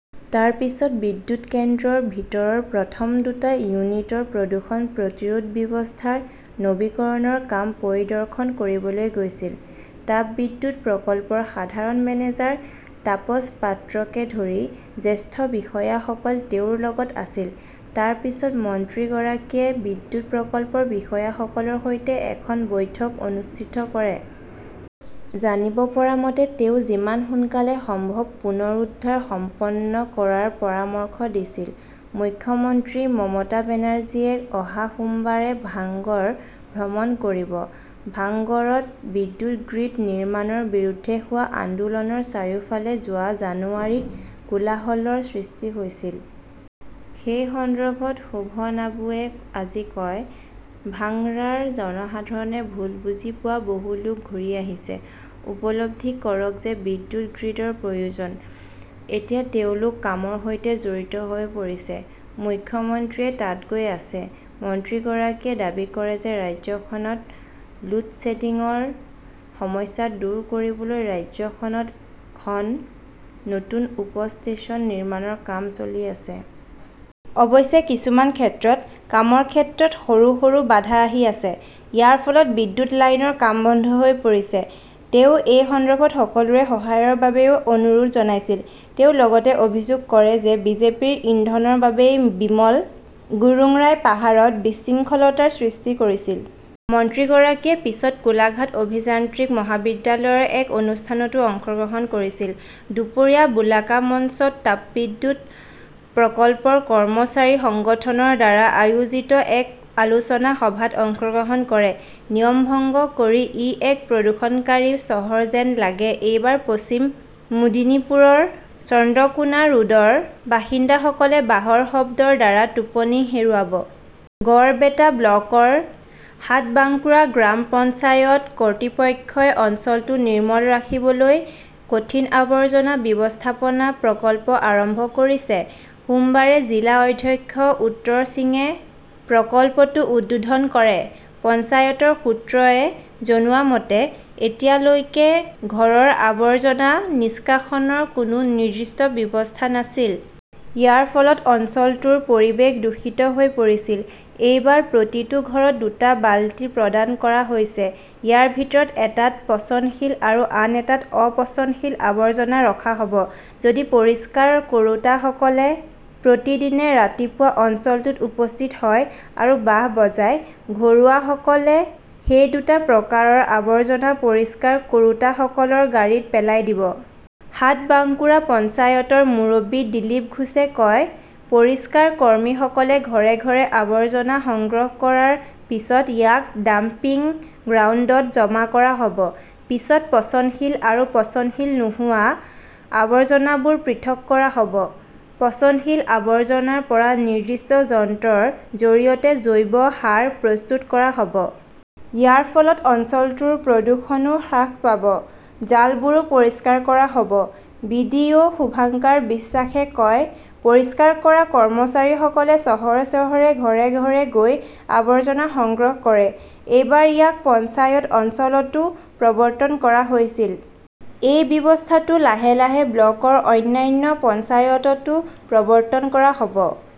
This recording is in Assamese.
তাৰ পিছত বিদ্যুৎ কেন্দ্ৰৰ ভিতৰৰ প্ৰথম দুটা ইউনিটৰ প্ৰদূষণ প্ৰতিৰোধ ব্যৱস্থাৰ নৱীকৰণৰ কাম পৰিদৰ্শন কৰিবলৈ গৈছিল। তাপবিদ্যুৎ প্ৰকল্পৰ সাধাৰণ মেনেজাৰ তাপস পাত্ৰকে ধৰি জ্যেষ্ঠ বিষয়াসকল তেওঁৰ লগত আছিল। তাৰ পিছত মন্ত্ৰীগৰাকীয়ে বিদ্যুৎ প্ৰকল্পৰ বিষয়াসকলৰ সৈতে এখন বৈঠক অনুষ্ঠিত কৰে। জানিব পৰা মতে তেওঁ যিমান সোনকালে সম্ভৱ পুনৰুদ্ধাৰ সম্পন্ন কৰাৰ পৰামৰ্শ দিছিল। মুখ্যমন্ত্ৰী মমতা বেনাৰ্জীয়ে অহা সোমবাৰে ভাঙ্গৰ ভ্ৰমণ কৰিব। ভাংগৰত বিদ্যুৎ গ্ৰীড নিৰ্মাণৰ বিৰুদ্ধে হোৱা আন্দোলনৰ চাৰিওফালে যোৱা জানুৱাৰীত কোলাহলৰ সৃষ্টি হৈছিল। সেই সন্দৰ্ভত শোভনাবুৱে আজি কয়, ভাংগৰাৰ জনসাধাৰণে ভুল বুজি পোৱা বহু লোক ঘূৰি আহিছে। উপলব্ধি কৰক যে বিদ্যুৎ গ্ৰীডৰ প্ৰয়োজন। এতিয়া তেওঁলোক কামৰ সৈতে জড়িত হৈ পৰিছে। মুখ্যমন্ত্ৰীয়ে তাত গৈ আছে। মন্ত্ৰীগৰাকীয়ে দাবী কৰে যে ৰাজ্যখনত লোডশ্বেডিংৰ সমস্যা দূৰ কৰিবলৈ ৰাজ্যখনত খন নতুন উপ-ষ্টেচন নিৰ্মাণৰ কাম চলি আছে। অৱশ্যে কিছুমান ক্ষেত্ৰত কামৰ ক্ষেত্ৰত সৰু সৰু বাধা আহি আছে। ইয়াৰ ফলত বিদ্যুৎ লাইনৰ কাম বন্ধ হৈ পৰিছে। তেওঁ এই সন্দৰ্ভত সকলোৰে সহায়ৰ বাবেও অনুৰোধ জনাইছিল। তেওঁ লগতে অভিযোগ কৰে যে বিজেপিৰ ইন্ধনৰ বাবেই বিমল গুৰুঙ্গৰাই পাহাৰত বিশৃংখলতাৰ সৃষ্টি কৰিছিল। মন্ত্ৰীগৰাকীয়ে পিছত কোলাঘাট অভিযান্ত্ৰিক মহাবিদ্যালয়ৰ এক অনুষ্ঠানতও অংশগ্ৰহণ কৰিছিল। দুপৰীয়া বেলাকা মঞ্চত তাপবিদ্যুৎ প্ৰকল্পৰ কৰ্মচাৰী সংগঠনৰ দ্বাৰা আয়োজিত এক আলোচনা সভাত অংশগ্ৰহণ কৰে। নিয়ম ভংগ কৰি ই এক প্ৰদূষণকাৰী চহৰ যেন লাগে এইবাৰ পশ্চিম মেদিনীপুৰৰ চন্দ্ৰকোনা ৰোডৰ বাসিন্দাসকলে বাঁহৰ শব্দৰ দ্বাৰা টোপনি হেৰুৱাব। গড়বেটা- ব্লকৰ সাতবাঙ্কুৰা গ্ৰাম পঞ্চায়ত কৰ্তৃপক্ষই অঞ্চলটো নিৰ্মল ৰাখিবলৈ কঠিন আৱৰ্জনা ব্যৱস্থাপনা প্ৰকল্প আৰম্ভ কৰিছে। সোমবাৰে জিলা অধ্যক্ষ উত্তৰ সিঙে প্ৰকল্পটো উদ্বোধন কৰে। পঞ্চায়তৰ সূত্ৰই জনোৱা মতে, এতিয়ালৈকে ঘৰৰ আৱৰ্জনা নিষ্কাশনৰ কোনো নিৰ্দিষ্ট ব্যৱস্থা নাছিল। ইয়াৰ ফলত অঞ্চলটোৰ পৰিৱেশ দূষিত হৈ পৰিছিল। এইবাৰ প্ৰতিটো ঘৰত দুটা বালতি প্ৰদান কৰা হৈছে। ইয়াৰ ভিতৰত এটাত পচনশীল আৰু আন এটাত অ-পচনশীল আৱৰ্জনা ৰখা হব। যদি পৰিষ্কাৰ কৰোঁতাসকলে প্ৰতিদিনে ৰাতিপুৱা অঞ্চলটোত উপস্থিত হয় আৰু বাঁহ বজায়, ঘৰুৱাসকলে সেই দুটা প্ৰকাৰৰ আৱৰ্জনা পৰিষ্কাৰ কৰোঁতাসকলৰ গাড়ীত পেলাই দিব। সাতবাঙ্কুৰা পঞ্চায়তৰ মুৰব্বী দিলীপ ঘোষে কয়, পৰিষ্কাৰ কৰ্মীসকলে ঘৰে-ঘৰে আৱৰ্জনা সংগ্ৰহ কৰাৰ পিছত ইয়াক ডাম্পিং গ্ৰাউণ্ডত জমা কৰা হব। পিছত পচনশীল আৰু পচনশীল নোহোৱা আৱৰ্জনাবোৰ পৃথক কৰা হ 'ব। পচনশীল আৱৰ্জনাৰ পৰা নিৰ্দিষ্ট যন্ত্ৰৰ জৰিয়তে জৈৱ সাৰ প্ৰস্তুত কৰা হব । ইয়াৰ ফলত অঞ্চলটোৰ প্ৰদূষণও হ্ৰাস পাব। জালবোৰো পৰিষ্কাৰ কৰা হব । বি. ডি. অ শুভঙ্কাৰ বিশ্বাসে কয়, পৰিষ্কাৰ কৰা কৰ্মচাৰীসকলে চহৰে-চহৰে ঘৰে-ঘৰে গৈ আৱৰ্জনা সংগ্ৰহ কৰে। এইবাৰ ইয়াক পঞ্চায়ত অঞ্চলতও প্ৰৱৰ্তন কৰা হৈছিল। এই ব্যৱস্থাটো লাহে লাহে ব্লকৰ অন্যান্য পঞ্চায়ততো প্ৰৱৰ্তন কৰা হব।